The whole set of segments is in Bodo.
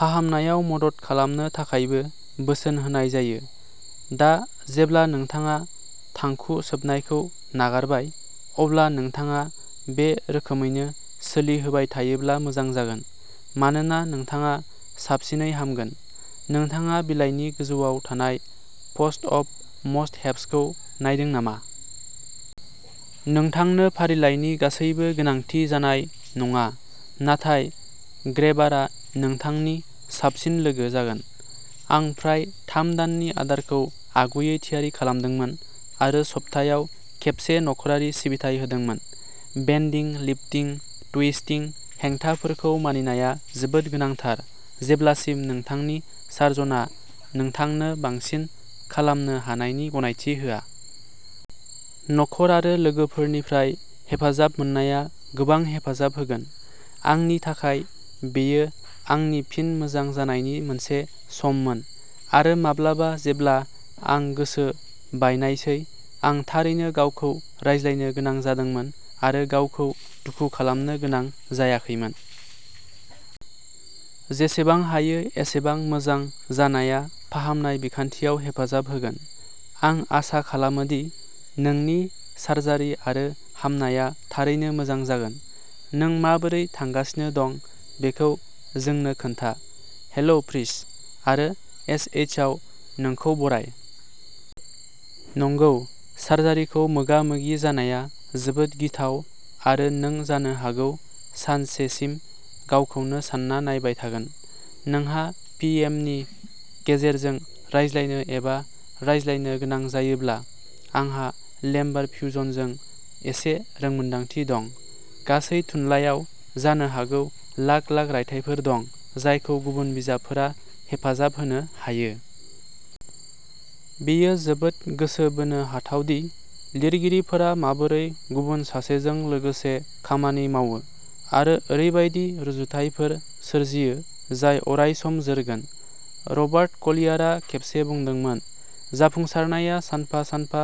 फाहामनायाव मदद खालामनो थाखायबो बोसोन होनाय जायो। दा जेब्ला नोंथाङा थांखु सोबनायखौ नागारबाय, अब्ला नोंथाङा बे रोखोमैनो सोलिहोबाय थायोब्ला मोजां जागोन, मानोना नोंथाङा साबसिनै हामगोन। नोंथाङा बिलाइनि गोजौआव थानाय पोस्ट-अप मस्ट हेभ्सखौ नायदों नामा? नोंथांनो फारिलाइनि गासैबो गोनांथि जानाय नङा, नाथाय ग्रेबारआ नोंथांनि "साबसिन लोगो" जागोन। आं फ्राय थाम दाननि आदारखौ आगुयै थियारि खालामदोंमोन आरो सप्तायाव खेबसे नख'रारि सिबिथाइ होदोंमोन। बेन्दिं-लिफ्टिं-ट्विस्टिं हेंथाफोरखौ मानिनाया जोबोद गोनांथार जेब्लासिम नोंथांनि सार्जनआ नोंथांनो बांसिन खालामनो हानायनि गनायथि होआ। नखर आरो लोगोफोरनिफ्राय हेफाजाब मोननाया गोबां हेफाजाब होगोन। आंनि थाखाय, बेयो आंनि फिन मोजां जानायनि मोनसे सममोन, आरो माब्लाबा जेब्ला आं गोसो बायनायसै, आं थारैनो गावखौ रायज्लायनो गोनां जादोंमोन आरो गावखौ दुखु खालामनो गोनां जायाखैमोन। जेसेबां हायो एसेबां मोजां जानाया फाहामनाय बिखान्थियाव हेफाजाब होगोन। आं आसा खालामो दि नोंनि सार्जारि आरो हामनाया थारैनो मोजां जागोन। नों माबोरै थांगासिनो दं बेखौ जोंनो खोन्था। हेलो प्रिस आरो एसएचआव नोंखौ बराय!! नंगौ सार्जारिखौ मोगा-मोगि जानाया जोबोद गिथाव आरो नों जानो हागौ सानसेसिम गावखौनो सान्ना नायबाय थागोन! नोंहा पि. एम. नि गेजेरजों रायज्लायनो एबा रायज्लायनो गोनां जायोब्ला आंहा लेम्बार फ्युजनजों एसे रोंमोन्दांथि दं! गासै थुनलाइयाव जानो हागौ लाख लाख रायथाइफोर दं जायखौ गुबुन बिजाबफोरा हेफाजाब होनो हायो। बेयो जोबोद गोसो बोनो हाथाव दि लिरगिरिफोरा माबोरै गुबुन सासेजों लोगोसे खामानि मावो आरो ओरैबायदि रुजुथायफोर सोरजियो जाय अरायसम जोरगोन। रबार्ट कलियारा खेबसे बुंदोंमोन, "जाफुंसारनाया सानफा-सानफा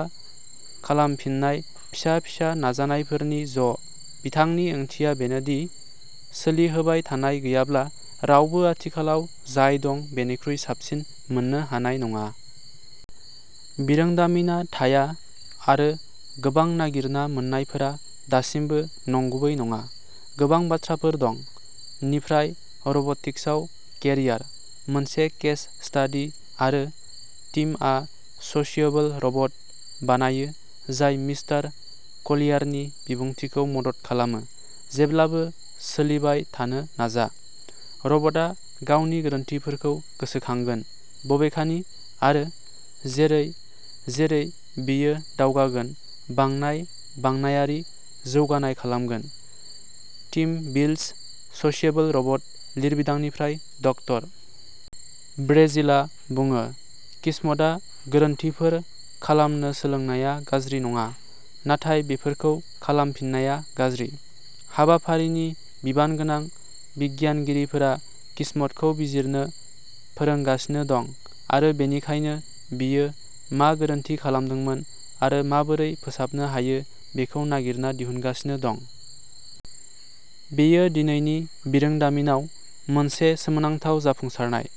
खालामफिननाय फिसा-फिसा नाजानायफोरनि ज'।" बिथांनि ओंथिया बेनोदि सोलिहोबाय थानाय गैयाब्ला, रावबो आथिखालाव जाय दं बेनिख्रुइ साबसिन मोन्नो हानाय नङा। बिरोंदामिनआ थाया आरो गोबां नागिरना मोन्नायफोरा दासिमबो नंगुबै नङा। गोबां बाथ्राफोर दं। निफ्राय, रब'टिक्सआव केरियारः मोनसे केस स्टादि आरो टीमआ'सोसियेबल'रब'ट बानायो जाय मिस्टार कलियारनि बिबुंथिखौ मदद खालामो, जेब्लाबो सोलिबाय थानो नाजा। "रब'टआ गावनि गोरोन्थिफोरखौ'गोसोखांगोन ', बबेखानि, आरो जेरै-जेरै बेयो दावगागोन, बांनाय-बांनायारि जौगानाय खालामगोन", टिम बिल्ड्स'सोसियेबल'रब'ट लिरबिदांनिफ्राय ड. ब्रेजिलआ बुङो। किस्मटआ गोरोन्थिफोर खालामनो सोलोंनाया गाज्रि नङा, नाथाय बेफोरखौ खालामफिननाया गाज्रि। हाबाफारिनि बिबानगोनां बिगियानगिरिफोरा किस्मटखौ बिजिरनो फोरोंगासिनो दं आरो बेनिखायनो बियो मा गोरोन्थि खालामदोंमोन आरो माबोरै फोसाबनो हायो बेखौ नागिरना दिहुनगासिनो दं। बेयो दिनैनि बिरोंदामिनआव मोनसे सोमोनांथाव जाफुंसारनाय।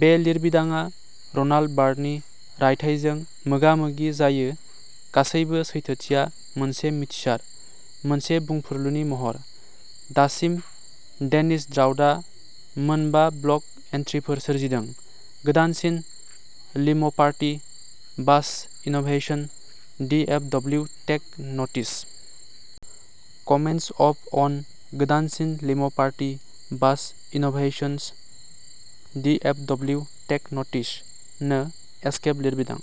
बे लिरबिदांआ र'लान्ड बार्थनि रायथाइजों मोगामोगि जायो "गासैबो सैथोथिया मोनसे मिथिसार, मोनसे बुंफुरलुनि महर"। दासिम डेनिस ट्राउटआ मोन बा ब्लग एन्ट्रिफोर सोरजिदों। गोदानसिन लिम'पार्टि bus Innovations DFW tech notice! Comments off on गोदानसिन लिम'पार्टि bus innovations D F W tech notice! No escape लिरबिद